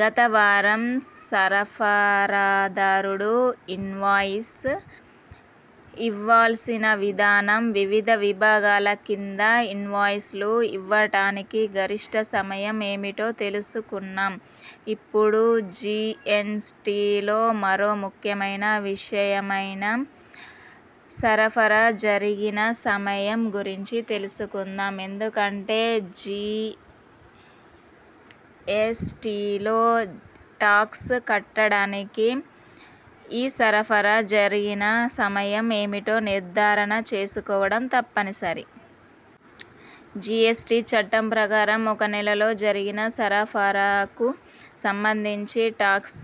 గత వారం సరఫరాదారుడు ఇన్వాయిస్ ఇవ్వాల్సిన విధానం, వివిధ విభాగాల కింద ఇన్వాయిస్ లు ఇవ్వటానికి గరిష్ఠ సమయం ఏమిటో తెలుసుకున్నాం. ఇప్పుడు జిఎ్సటిలో మరో ముఖ్యమైన విషయమైన సరఫరా జరిగిన సమయం గురించి తెలుసుకుందాం. ఎందుకంటే జిఎ్సటిలో టాక్స్ కట్టటానికి ఈ సరఫరా జరిగిన సమయం ఏమిటో నిర్ధారణ చేసుకోవటం తప్పనిసరి. జిఎ్సటి చట్టం ప్రకారం ఒక నెలలో జరిగిన సరఫరాకు సంబంధించి టాక్స్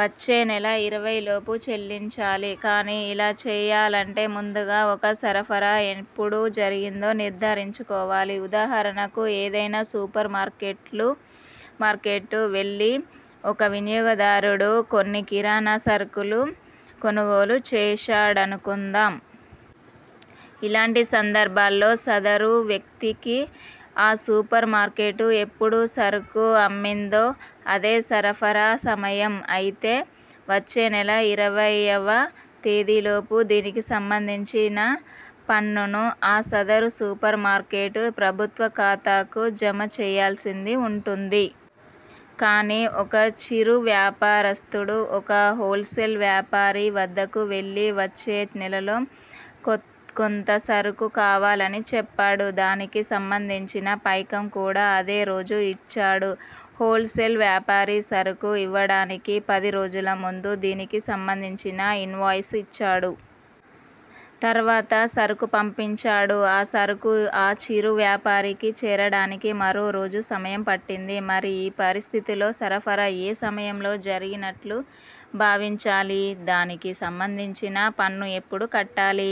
వచ్చే నెల ఇరవై లోపు చెల్లించాలి. కానీ ఇలా చేయాలంటే ముందుగా ఒక సరఫరా ఎప్పుడు జరిగిందో నిర్ధారించుకోవాలి. ఉదాహరణకు ఏదైనా సూపర్ మార్కెట్కు వెళ్లి ఒక వినియోగదారుడు కొన్ని కిరాణా సరుకులు కొనుగోలు చేశాడనుకుందాం. ఇలాంటి సందర్భాల్లో సద రు వ్యక్తికి ఆ సూపర్ మార్కెట్ ఎప్పుడు సరు కు అమ్మిందో అదే సరఫరా సమయం. అయి తే వచ్చే నెల ఇరవైవ తేదీలోపు దీనికి సంబంధించిన పన్నును ఆ సదరు సూపర్ మార్కెట్ ప్రభుత్వ ఖాతాకు జమ చేయాల్సి ఉంటుంది. కానీ ఒక చిరు వ్యాపారస్తుడు ఒక హోల్సేల్ వ్యాపారి వద్దకు వెళ్లి వచ్చే నెలలో కొంత కొంత సరుకు కావాలని చెప్పాడు. దానికి సంబంధించిన పైకం కూడా అదే రోజు ఇచ్చాడు. హోల్ సేల్ వ్యాపారి సరుకు ఇవ్వటానికి పది రోజుల ముందు దీనికి సంబంధించిన ఇన్వాయిస్ ఇచ్చాడు. తర్వాత సరుకు పంపించాడు. ఆ సరుకు ఆ చిరు వ్యాపారికి చేరటానికి మరో రోజు సమయం పట్టింది. మరి ఈ పరిస్థితిలో సరఫరా ఏ సమయంలో జరిగినట్లు భావించాలి? దానికి సంబంధించిన పన్ను ఎప్పుడు కట్టాలి?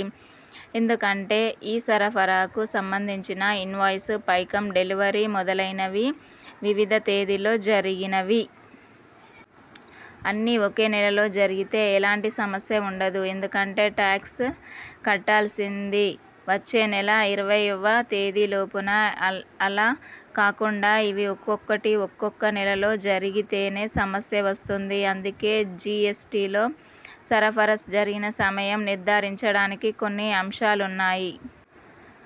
ఎందుకంటే ఈ సరఫరాకు సంబంధించిన ఇన్వాయిస్, పైకం, డెలివరీ మొదలైనవి వివిధ తేదీల్లో జరిగినవి. అన్ని ఒకే నెలలో జరిగితే ఎలాంటి సమస్య ఉండదు. ఎందుకంటే టాక్స్ కట్టాల్సింది వచ్చే నెల ఇరవై వ తేదీ లోపున, అలా కాకుండా ఇవి ఒక్కొక్కటి ఒక్కొక్క నెలలో జరిగితేనే సమస్య వస్తుంది. అందుకే జిఎ్సటిలో సరఫరా జరిగిన సమయం నిర్ధారించటానికి కొన్ని అంశాలున్నాయి.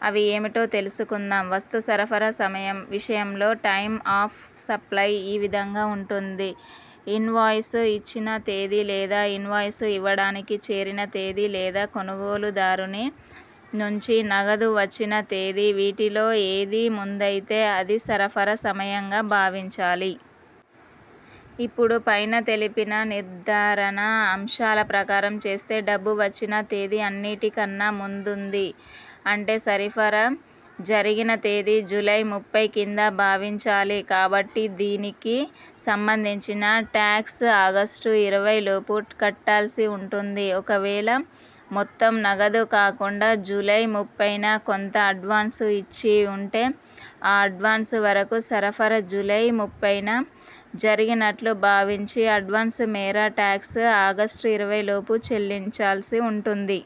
అవి ఏమిటో తెలుసుకుందాం. వస్తు సరఫరా సమయం విషయంలో టైమ్ ఆఫ్ సప్లయ్ ఈ విధంగా ఉంటుంది. ఇన్వాయిస్ ఇచ్చిన తేదీ లేదా ఇన్వాయిస్ ఇవ్వటానికి చివరి తేదీ లేదా కొనుగోలుదారుని నుంచి నగదు వచ్చిన తేదీ. వీటిలో ఏది ముందైతే అది సరఫరా సమయంగా భావించాలి. ఇప్పుడు పైన తెలిపిన నిర్ధారణ అంశాల ప్రకారం చేస్తే, డబ్బు వచ్చిన తేదీ అన్నిటికన్నా ముందుంది. అంటే సరిఫరా జరిగిన తేదీ జూలై ముప్పై కింద భావించాలి. కాబట్టి దీనికి సంబంధించిన టాక్స్ ఆగస్టు ఇరవైలోపు కట్టాల్సి ఉంటుం ది. ఒకవేళ మొత్తం నగదు కాకుండా జూలై ముప్పైన కొంత అడ్వాన్సు ఇచ్చి ఉంటే, ఆ అడ్వాన్సు వరకు సరఫరా జూలై ముప్పైన జరిగినట్లు భావించి అడ్వాన్సు మేర టాక్స్ ఆగస్టు ఇరవై లోపు చెల్లించాల్సి ఉంటుంది.